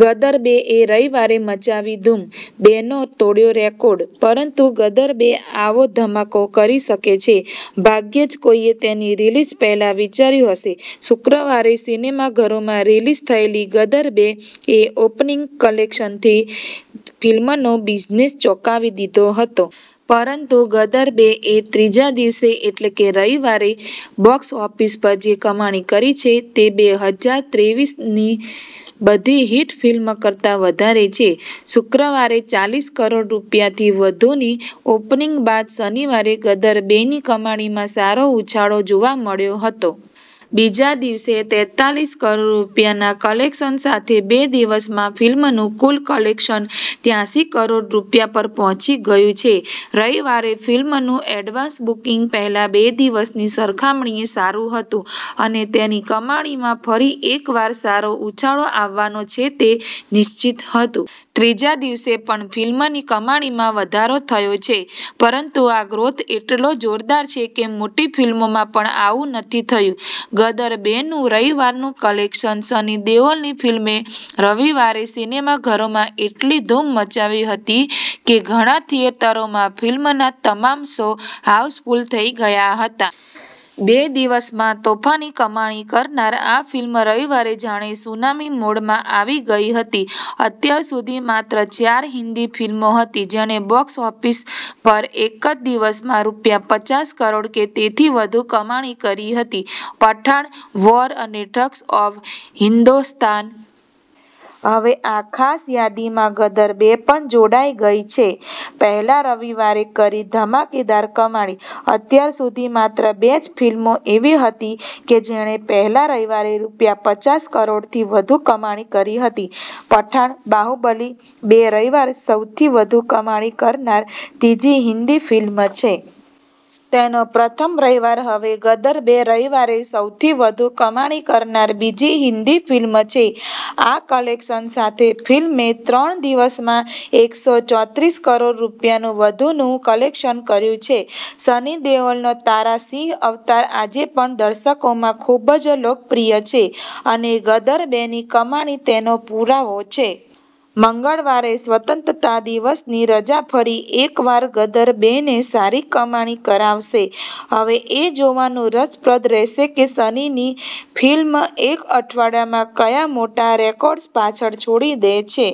ગદર બે 'એ રવિવારે મચાવી ધૂમ, 'બે' નો તોડ્યો રેકોર્ડ! પરંતુ 'ગદર બે' આવો ધમાકો કરી શકે છે, ભાગ્યે જ કોઈએ તેની રિલીઝ પહેલા વિચાર્યું હશે. શુક્રવારે સિનેમાઘરોમાં રિલીઝ થયેલી 'ગદર બે' એ ઓપનિંગ કલેક્શનથી જ ફિલ્મનો બિઝનેસ ચોંકાવી દીધો હતો. પરંતુ 'ગદર બે' એ ત્રીજા દિવસે એટલે કે રવિવારે બોક્સ ઓફિસ પર જે કમાણી કરી છે, તે બે હજાર ત્રેવીસની બધી હિટ ફિલ્મ કરતા વધારે છે. શુક્રવારે ચાલીસ કરોડ રૂપિયાથી વધુની ઓપનિંગ બાદ શનિવારે 'ગદર બે'ની કમાણીમાં સારો ઉછાળો જોવા મળ્યો હતો. બીજા દિવસે ત્રેતાલીસ કરોડ રૂપિયાના કલેક્શન સાથે બે દિવસમાં ફિલ્મનું કુલ કલેક્શન ત્યાસી કરોડ રૂપિયા પર પહોંચી ગયું છે. રવિવારે ફિલ્મનું એડવાન્સ બુકિંગ પહેલા બે દિવસની સરખામણીએ સારું હતું અને તેની કમાણીમાં ફરી એકવાર સારો ઉછાળો આવવાનો છે તે નિશ્ચિત હતું. ત્રીજા દિવસે પણ ફિલ્મની કમાણીમાં વધારો થયો છે, પરંતુ આ ગ્રોથ એટલો જોરદાર છે કે મોટી ફિલ્મોમાં પણ આવું નથી થયું. 'ગદર બે'નું રવિવારનું કલેક્શન, સની દેઓલની ફિલ્મે રવિવારે સિનેમાઘરોમાં એટલી ધૂમ મચાવી હતી કે ઘણા થિયેટરોમાં ફિલ્મના તમામ શો હાઉસફુલ થઈ ગયા હતા. બે દિવસમાં તોફાની કમાણી કરનાર આ ફિલ્મ રવિવારે જાણે સુનામી મોડમાં આવી ગઈ હતી. અત્યાર સુધી માત્ર ચાર હિન્દી ફિલ્મો હતી જેણે બોક્સ ઓફિસ પર એક જ દિવસમાં રૂપિયા પચાસ કરોડ કે તેથી વધુ કમાણી કરી હતી પઠાણ, વોર અને ઠગ્સ ઓફ હિન્દોસ્તાન. હવે આ ખાસ યાદીમાં 'ગદર બે' પણ જોડાઈ ગઈ છે. પહેલા રવિવારે કરી ધમાકેદાર કમાણી અત્યાર સુધી, માત્ર બે જ ફિલ્મો એવી હતી જેણે પહેલા રવિવારે રૂપિયા પચાસ કરોડથી વધુ કમાણી કરી હતી – પઠાણ, બાહુબલી બે રવિવારે સૌથી વધુ કમાણી કરનાર ત્રીજી હિન્દી ફિલ્મ છે. તેનો પ્રથમ રવિવાર હવે 'ગદર બે' રવિવારે સૌથી વધુ કમાણી કરનાર બીજી હિન્દી ફિલ્મ છે. આ કલેક્શન સાથે ફિલ્મે ત્રણ દિવસમાં એકસો ચોત્રીસ કરોડ રૂપિયાથી વધુનું કલેક્શન કર્યું છે. સની દેઓલનો તારા સિંહ અવતાર આજે પણ દર્શકોમાં ખૂબ જ લોકપ્રિય છે અને 'ગદર બે'ની કમાણી તેનો પુરાવો છે. મંગળવારે સ્વતંત્રતા દિવસની રજા ફરી એકવાર 'ગદર બે'ને સારી કમાણી કરાવશે. હવે એ જોવાનું રસપ્રદ રહેશે કે સનીની ફિલ્મ એક અઠવાડિયામાં કયા મોટા રેકોર્ડ્સ પાછળ છોડી દે છે.